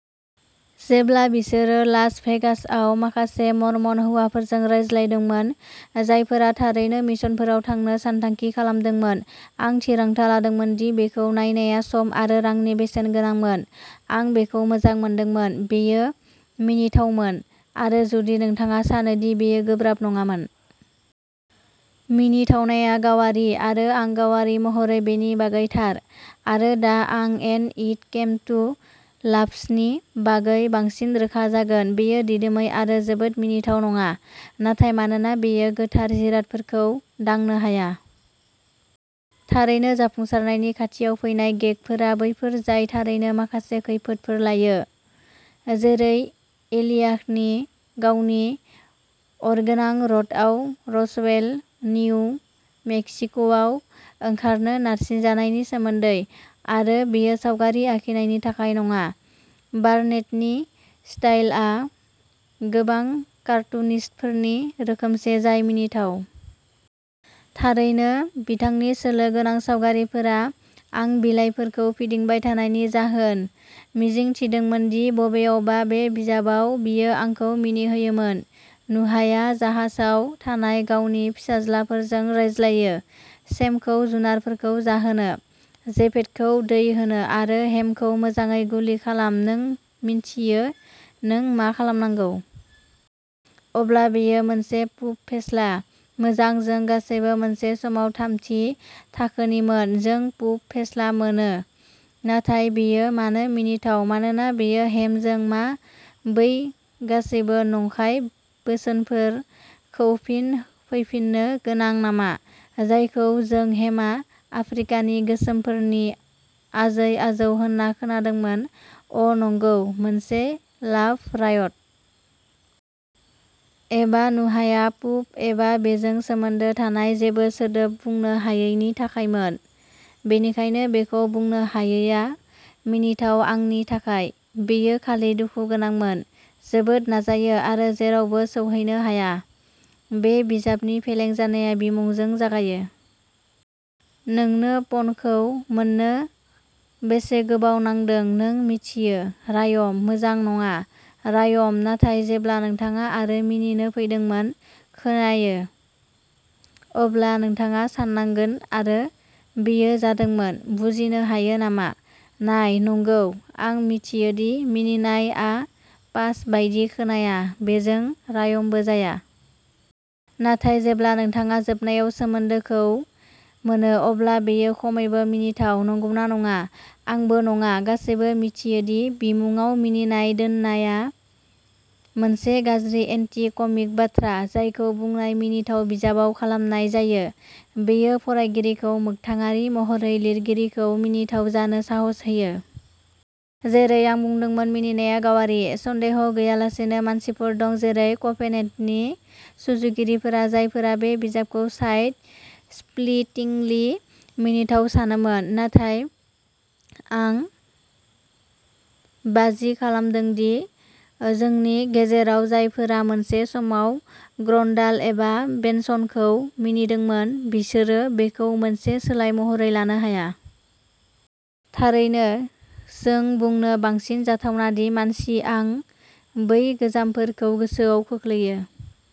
जेब्ला बिसोरो लास भेगासआव माखासे मर्मन हौवाफोरजों रायज्लायदोंमोन, जायफोरा थारैनो मिशनफोराव थांनो सानथांखि खालामदोंमोन, आं थिरांथा लादोंमोन दि बेखौ नायनाया सम आरो रांनि बेसेन गोनांमोन। आं बेखौ मोजां मोनदोंमोन। बेयो मिनिथावमोन। आरो जुदि नोंथाङा सानो दि बेयो गोब्राब नङामोन। मिनिथावनाया गावारि, आरो आं गावारि महरै बेनि बागै थार। आरो दा आं एन्ड इट केम टु लाफ्सनि बागै बांसिन रोखा जागोन। बेयो दिदोमै आरो जोबोद मिनिथाव नङा। नाथाय मानोना बेयो गोथार जिरादफोरखौ दांनो हाया। थारैनो, जाफुंसारनायनि खाथियाव फैनाय गेगफोरा बैफोर जाय थारैनो माखासे खैफोदफोर लायो, जेरै एलियाहनि गावनि अरगोनां रथआव रसवेल, निउ मेक्सिक'आव ओंखारनो नारसिनजानायनि सोमोन्दै। आरो बेयो सावगारि आखिनायनि थाखाय नङा। बार्नेटनि स्टाइलआ गोबां कार्टुनिस्टफोरनि रोखोमसे जाय मिनिथाव। थारैनो, बिथांनि सोलो गोनां सावगारिफोरा आं बिलाइफोरखौ फिदिंबाय थानायनि जाहोन, मिजिं थिदोंमोन दि बबेयावबा बे बिजाबाव बियो आंखौ मिनिहोयोमोन। नुहाया जाहाजाव थानाय गावनि फिसाज्लाफोरजों रायज्लायो, शेमखौ जुनारफोरखौ जाहोनो, जेफेथखौ दै होनो, आरो हेमखौ मोजाङै गुलि खालाम नों मिन्थियो नों मा खालामनांगौ। अब्ला बेयो मोनसे पुप फेस्ला। मोजां, जों गासैबो मोनसे समाव थामथि थाखोनिमोन, जों पुप फेस्ला मोनो। नाथाय बेयो मानो मिनिथाव मानोना बेयो हेम जों मा बै गासैबो नंखाय बोसोनफोर खौ फिन फैफिननो गोनां नामा जायखौ जों हेमआ आफ्रिकानि गोसोमफोरनि आजै-आजौ होनना खोनादोंमोन अ, नंगौ, मोनसे लाफ रायट। एबा नुहाया पुप एबा बेजों सोमोन्दो थानाय जेबो सोदोब बुंनो हायैनि थाखायमोन, बेनिखायनो बेखौ बुंनो हायैआ मिनिथाव आंनि थाखाय, बेयो खालि दुखु गोनांमोन। जोबोद नाजायो, आरो जेरावबो सौहैनो हाया। बे बिजाबनि फेलें जानाया बिमुंजों जागायो। नोंनो पनखौ मोन्नो बेसे गोबाव नांदों नों मिथियो, रायम? मोजां, नङा। रायम, नाथाय जेब्ला नोंथाङा आरो मिनिनो फैदोंमोन खोनायो, अब्ला नोंथाङा साननांगोन आरो बेयो जादोंमोन। बुजिनो हायो नामा? नाय? नंगौ, आं मिथियो दि मिनिनाय आ पास बायदि खोनाया, बेजों रायमबो जाया। नाथाय जेब्ला नोंथाङा जोबनायाव सोमोन्दोखौ मोनो, अब्ला बेयो खमैबो मिनिथाव, नंगौना नङा? आंबो नङा। गासैबो मिथियो दि बिमुंआव मिनिनाय दोननाया मोनसे गाज्रि एन्टी कमिक बाथ्रा, जायखौ बुंनाय मिनिथाव बिजाबाव खालामनाय जायो बेयो फरायगिरिखौ मोगथाङारि महरै लिरगिरिखौ मिनिथाव जानो साहस होयो। जेरै आं बुंदोंमोन, मिनिनाया गावारि। सन्देह गैयालासेनो मानसिफोर दं जेरै कभेनेन्टनि सुजुगिरिफोरा जायफोरा बे बिजाबखौ साइड स्प्लिटिंलि मिनिथाव सानोमोन। नाथाय आं बाजि खालामदों दि जोंनि गेजेराव जायफोरा मोनसे समाव ग्रन्डाल एबा बेनसनखौ मिनिदोंमोन, बिसोरो बेखौ मोनसे सोलाय महरै लानो हाया। थारैनो, जों बुंनो बांसिन जाथावना दि, मानसि, आं बै गोजामफोरखौ गोसोआव खोख्लैयो।